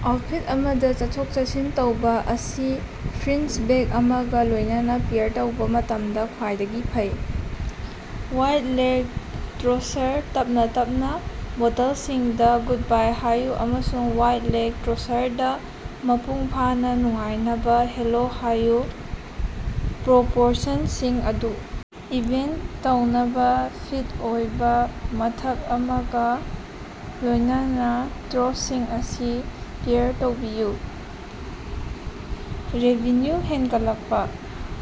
Outfit ꯑꯃꯗ ꯆꯠꯊꯣꯛ-ꯆꯠꯁꯤꯟ ꯇꯧꯕ ꯑꯁꯤ ꯐ꯭ꯔꯤꯟꯖ ꯕꯦꯒ ꯑꯃꯒ ꯂꯣꯏꯅꯅ ꯄꯦꯌꯥꯔ ꯇꯧꯕ ꯃꯇꯝꯗ ꯈ꯭ꯋꯥꯏꯗꯒꯤ ꯐꯩ꯫ ꯋꯥꯏ ꯂꯦꯒ ꯇ꯭ꯔꯣꯁꯔ: ꯇꯞꯅ ꯇꯞꯅ ꯕꯣꯇꯜꯁꯤꯡꯗ ꯒꯨꯗꯕꯥꯏ ꯍꯥꯏꯌꯨ ꯑꯃꯁꯨꯡ ꯋꯥꯏ ꯂꯦꯒ ꯇ꯭ꯔꯣꯁꯔꯗ ꯃꯄꯨꯡ ꯐꯥꯅ ꯅꯨꯡꯉꯥꯏꯅꯕ ꯍꯦꯂꯣ ꯍꯥꯏꯌꯨ꯫ ꯄ꯭ꯔꯣꯄꯣꯔꯁꯟꯁꯤꯡ ꯑꯗꯨ ꯏꯚꯦꯟꯇ ꯇꯧꯅꯕ ꯐꯤꯠ ꯑꯣꯏꯕ ꯃꯊꯛ ꯑꯃꯒ ꯂꯣꯏꯅꯅ ꯇ꯭ꯔꯣꯁꯁꯤꯡ ꯑꯁꯤ ꯄꯦꯌꯥꯔ ꯇꯧꯕꯤꯌꯨ꯫ ꯔꯦꯚꯤꯟꯌꯨ ꯍꯦꯟꯒꯠꯂꯛꯄ꯫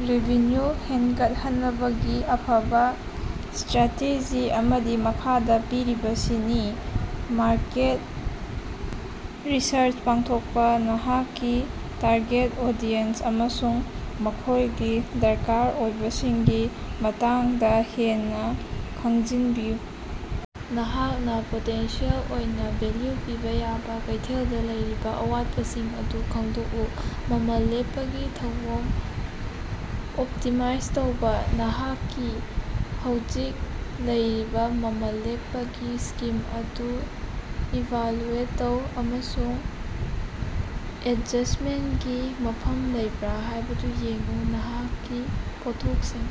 ꯔꯦꯚꯤꯟꯌꯨ ꯍꯦꯟꯒꯠꯍꯟꯅꯕꯒꯤ ꯑꯐꯕ ꯁ꯭ꯇꯔꯥꯇꯦꯖꯤ ꯑꯃꯗꯤ ꯃꯈꯥꯗ ꯄꯤꯔꯤꯕꯁꯤꯅꯤ: ꯃꯥꯔꯀꯦꯠ ꯔꯤꯁꯔꯆ ꯄꯥꯡꯊꯣꯛꯄ: ꯅꯍꯥꯛꯀꯤ ꯇꯥꯔꯒꯦꯠ ꯑꯣꯗꯤꯁꯟ ꯑꯃꯁꯨꯡ ꯃꯈꯣꯏꯒꯤ ꯗꯔꯀꯥꯔ ꯑꯣꯏꯕꯁꯤꯡꯒꯤ ꯃꯇꯥꯡꯗ ꯍꯦꯟꯅ ꯈꯪꯖꯤꯟꯕꯤꯌꯨ꯫ ꯅꯍꯥꯛꯅ ꯄꯣꯇꯦꯟꯁꯤꯌꯦꯜ ꯑꯣꯏꯅ ꯚꯦꯜꯌꯨ ꯄꯤꯕ ꯌꯥꯕ ꯀꯩꯊꯦꯜꯗ ꯂꯩꯔꯤꯕ ꯑꯋꯥꯠꯄꯥꯁꯤꯡ ꯑꯗꯨ ꯈꯪꯗꯣꯛꯎ꯫ ꯃꯃꯜ ꯂꯦꯞꯄꯒꯤ ꯊꯧꯑꯣꯡ ꯑꯣꯞꯇꯤꯃꯥꯏꯖ ꯇꯧꯕꯥ: ꯅꯍꯥꯛꯀꯤ ꯍꯧꯖꯤꯛ ꯂꯩꯔꯤꯕ ꯃꯃꯜ ꯂꯦꯞꯄꯒꯤ ꯁ꯭ꯀꯤꯝ ꯑꯗꯨ ꯏꯚꯥꯜꯌꯨꯑꯦꯠ ꯇꯧ ꯑꯃꯁꯨꯡ ꯑꯦꯗꯖꯁ꯭ꯇꯃꯦꯟꯠꯀꯤ ꯃꯐꯝ ꯂꯩꯕ꯭ꯔꯥ ꯍꯥꯏꯕꯗꯨ ꯌꯦꯡꯎ꯫ ꯅꯍꯥꯛꯀꯤ ꯄꯣꯠꯊꯣꯛꯁꯤꯡ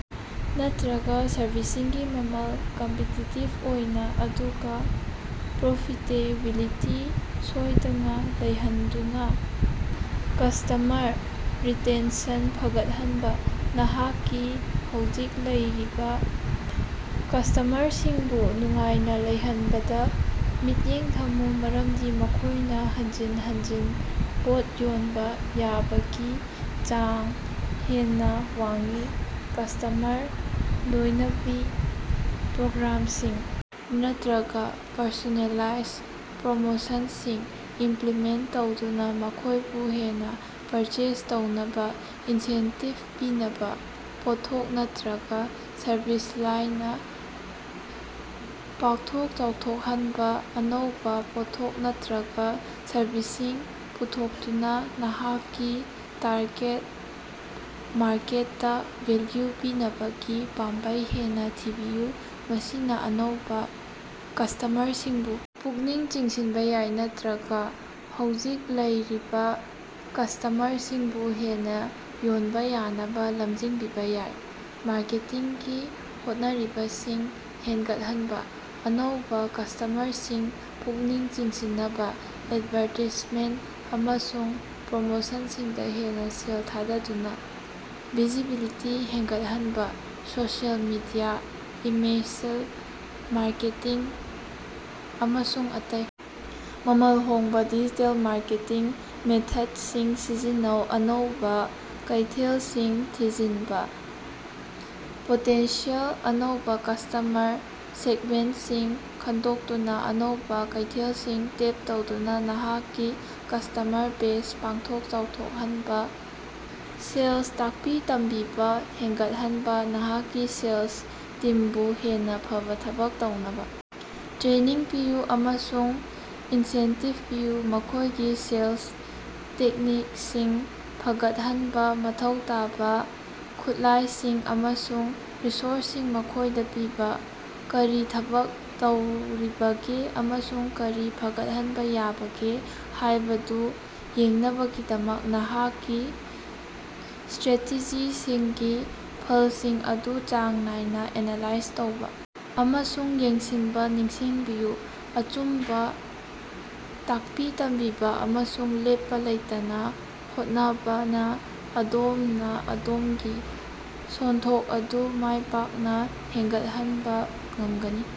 ꯅꯠꯇꯔꯒ ꯁꯔꯚꯤꯁꯁꯤꯡꯒꯤ ꯃꯃꯜ ꯀꯝꯄꯤꯇꯤꯇꯤꯕ ꯑꯣꯏꯅ, ꯑꯗꯨꯒ ꯄ꯭ꯔꯣꯐꯤꯇꯦꯕꯤꯂꯤꯇꯤ ꯁꯣꯏꯗꯅ ꯂꯩꯍꯟꯗꯨꯅ꯫ ꯀꯁ꯭ꯇꯃꯔ ꯔꯤꯇꯦꯟꯁꯟ ꯐꯒꯠꯍꯟꯕ: ꯅꯍꯥꯛꯀꯤ ꯍꯧꯖꯤꯛ ꯂꯩꯔꯤꯕ ꯀꯁ꯭ꯇꯃꯔꯁꯤꯡꯕꯨ ꯅꯨꯡꯉꯥꯏꯅ ꯂꯩꯍꯟꯕꯗ ꯃꯤꯠꯌꯦꯡ ꯊꯝꯃꯨ, ꯃꯔꯝꯗꯤ ꯃꯈꯣꯏꯅ ꯍꯟꯖꯤꯟ ꯍꯟꯖꯤꯟ ꯄꯣꯠ ꯌꯣꯟꯕ ꯌꯥꯕꯒꯤ ꯆꯥꯡ ꯍꯦꯟꯅ ꯋꯥꯡꯏ꯫ ꯀꯁ꯭ꯇꯃꯔ ꯂꯣꯏꯅꯕꯤ ꯄ꯭ꯔꯣꯒ꯭ꯔꯥꯝꯁꯤꯡ ꯅꯠꯇꯔꯒ ꯄꯔꯁꯣꯅꯦꯂꯥꯏꯖ ꯄ꯭ꯔꯣꯃꯣꯁꯟꯁꯤꯡ ꯏꯝꯄꯂꯤꯃꯦꯟꯠ ꯇꯧꯗꯨꯅ ꯃꯈꯣꯏꯕꯨ ꯍꯦꯟꯅ ꯄꯔꯆꯦꯖ ꯇꯧꯅꯕ ꯏꯟꯁꯦꯟꯇꯤꯕ ꯄꯤꯅꯕ꯫ ꯄꯣꯠꯊꯣꯛ ꯅꯠꯇꯔꯒ ꯁꯔꯚꯤꯁ ꯂꯥꯏꯟ ꯄꯥꯛꯊꯣꯛ ꯆꯥꯎꯊꯣꯛꯍꯟꯕ: ꯑꯅꯧꯕ ꯄꯣꯠꯊꯣꯛ ꯅꯠꯇꯔꯒ ꯁꯔꯚꯤꯁꯁꯤꯡ ꯄꯨꯊꯣꯛꯇꯨꯅ ꯅꯍꯥꯛꯀꯤ ꯇꯥꯔꯒꯦꯠ ꯃꯥꯔꯀꯦꯠꯇ ꯚꯦꯜꯌꯨ ꯄꯤꯅꯕꯒꯤ ꯄꯥꯝꯕꯩ ꯍꯦꯟꯅ ꯊꯤꯕꯤꯌꯨ꯫ ꯃꯁꯤꯅ ꯑꯅꯧꯕ ꯀꯁ꯭ꯇꯃꯔꯁꯤꯡꯕꯨ ꯄꯨꯛꯅꯤꯡ ꯆꯤꯡꯁꯤꯟꯕ ꯌꯥꯏ ꯅꯠꯇꯔꯒ ꯍꯧꯖꯤꯛ ꯂꯩꯔꯤꯕ ꯀꯁ꯭ꯇꯃꯔꯁꯤꯡꯕꯨ ꯍꯦꯟꯅ ꯌꯣꯟꯕ ꯌꯥꯅꯕ ꯂꯝꯖꯤꯡꯕꯤꯕ ꯌꯥꯏ꯫ ꯃꯥꯔꯀꯦꯇꯤꯡꯒꯤ ꯍꯣꯠꯅꯔꯤꯕꯁꯤꯡ ꯍꯦꯟꯒꯠꯍꯟꯕ: ꯑꯅꯧꯕ ꯀꯁ꯭ꯇꯃꯔꯁꯤꯡ ꯄꯨꯛꯅꯤꯡ ꯆꯤꯡꯁꯤꯟꯅꯕ ꯑꯦꯗꯚꯥꯔꯇꯥꯏꯖꯃꯦꯟꯠ ꯑꯃꯁꯨꯡ ꯄ꯭ꯔꯃꯣꯁꯟꯁꯤꯡꯗ ꯍꯦꯟꯅ ꯁꯦꯜ ꯊꯥꯗꯗꯨꯅ ꯚꯤꯖꯤꯕꯤꯂꯤꯇꯤ ꯍꯦꯟꯒꯠꯍꯟꯕ꯫ ꯁꯣꯁꯤꯑꯦꯜ ꯃꯤꯗꯤꯌꯥ, ꯏꯃꯦꯏꯜ ꯃꯥꯔꯀꯦꯇꯤꯡ, ꯑꯃꯁꯨꯡ ꯑꯇꯩ ꯃꯃꯜ ꯍꯣꯡꯕ ꯗꯤꯖꯤꯇꯦꯜ ꯃꯥꯔꯀꯦꯇꯤꯡ ꯃꯦꯊꯠꯁꯤꯡ ꯁꯤꯖꯤꯟꯅꯧ꯫ ꯑꯅꯧꯕꯥ ꯀꯩꯊꯦꯜꯁꯤꯡ ꯊꯤꯖꯤꯟꯕ: ꯄꯣꯇꯦꯟꯁꯤꯌꯦꯜ ꯑꯅꯧꯕ ꯀꯁ꯭ꯇꯃꯔ ꯁꯦꯒꯃꯦꯟꯠꯁꯤꯡ ꯈꯪꯗꯣꯛꯇꯨꯅ ꯑꯅꯧꯕ ꯀꯩꯊꯦꯜꯁꯤꯡ ꯇꯦꯞ ꯇꯧꯗꯨꯅ ꯅꯍꯥꯛꯀꯤ ꯀꯁ꯭ꯇꯃꯔ ꯕꯦꯖ ꯄꯥꯛꯊꯣꯛ ꯆꯥꯎꯊꯣꯛꯍꯟꯕ꯫ ꯁꯦꯜꯁ ꯇꯥꯛꯄꯤ-ꯇꯝꯕꯤꯕ ꯍꯦꯟꯒꯠꯍꯟꯕ: ꯅꯍꯥꯛꯀꯤ ꯁꯦꯜꯁ ꯇꯤꯝꯕꯨ ꯍꯦꯟꯅ ꯐꯕ ꯊꯕꯛ ꯇꯧꯅꯕ ꯇ꯭ꯔꯦꯅꯤꯡ ꯄꯤꯌꯨ ꯑꯃꯁꯨꯡ ꯏꯟꯁꯦꯟꯇꯤꯕ ꯄꯤꯌꯨ꯫ ꯃꯈꯣꯏꯒꯤ ꯁꯦꯜꯁ ꯇꯦꯛꯅꯤꯛꯁꯤꯡ ꯐꯒꯠꯍꯟꯅꯕ ꯃꯊꯧ ꯇꯥꯕ ꯈꯨꯠꯂꯥꯏꯁꯤꯡ ꯑꯃꯁꯨꯡ ꯔꯤꯁꯣꯔꯁꯁꯤꯡ ꯃꯈꯣꯏꯗ ꯄꯤꯕ꯫ ꯀꯔꯤ ꯊꯕꯛ ꯇꯧꯔꯤꯕꯒꯦ ꯑꯃꯁꯨꯡ ꯀꯔꯤ ꯐꯒꯠꯍꯟꯕ ꯌꯥꯕꯒꯦ ꯍꯥꯏꯕꯗꯨ ꯌꯦꯡꯅꯕꯒꯤꯗꯃꯛ ꯅꯍꯥꯛꯀꯤ ꯁ꯭ꯇꯔꯥꯇꯦꯖꯤꯁꯤꯡꯒꯤ ꯐꯜꯁꯤꯡ ꯑꯗꯨ ꯆꯥꯡ ꯅꯥꯏꯅ ꯑꯦꯅꯥꯂꯥꯏꯖ ꯇꯧꯕ ꯑꯃꯁꯨꯡ ꯌꯦꯡꯁꯤꯟꯕ ꯅꯤꯡꯁꯤꯡꯕꯤꯌꯨ꯫ ꯑꯆꯨꯝꯕ ꯇꯥꯛꯄꯤ ꯇꯝꯕꯤꯕ ꯑꯃꯁꯨꯡ ꯂꯦꯞꯄ ꯂꯩꯇꯅ ꯍꯣꯠꯅꯕꯅ ꯑꯗꯣꯝꯅ ꯑꯗꯣꯃꯒꯤ ꯁꯦꯟꯊꯣꯛ ꯑꯗꯨ ꯃꯥꯏ ꯄꯥꯛꯅ ꯍꯦꯟꯒꯠꯍꯟꯕꯥ ꯉꯝꯒꯅꯤ꯫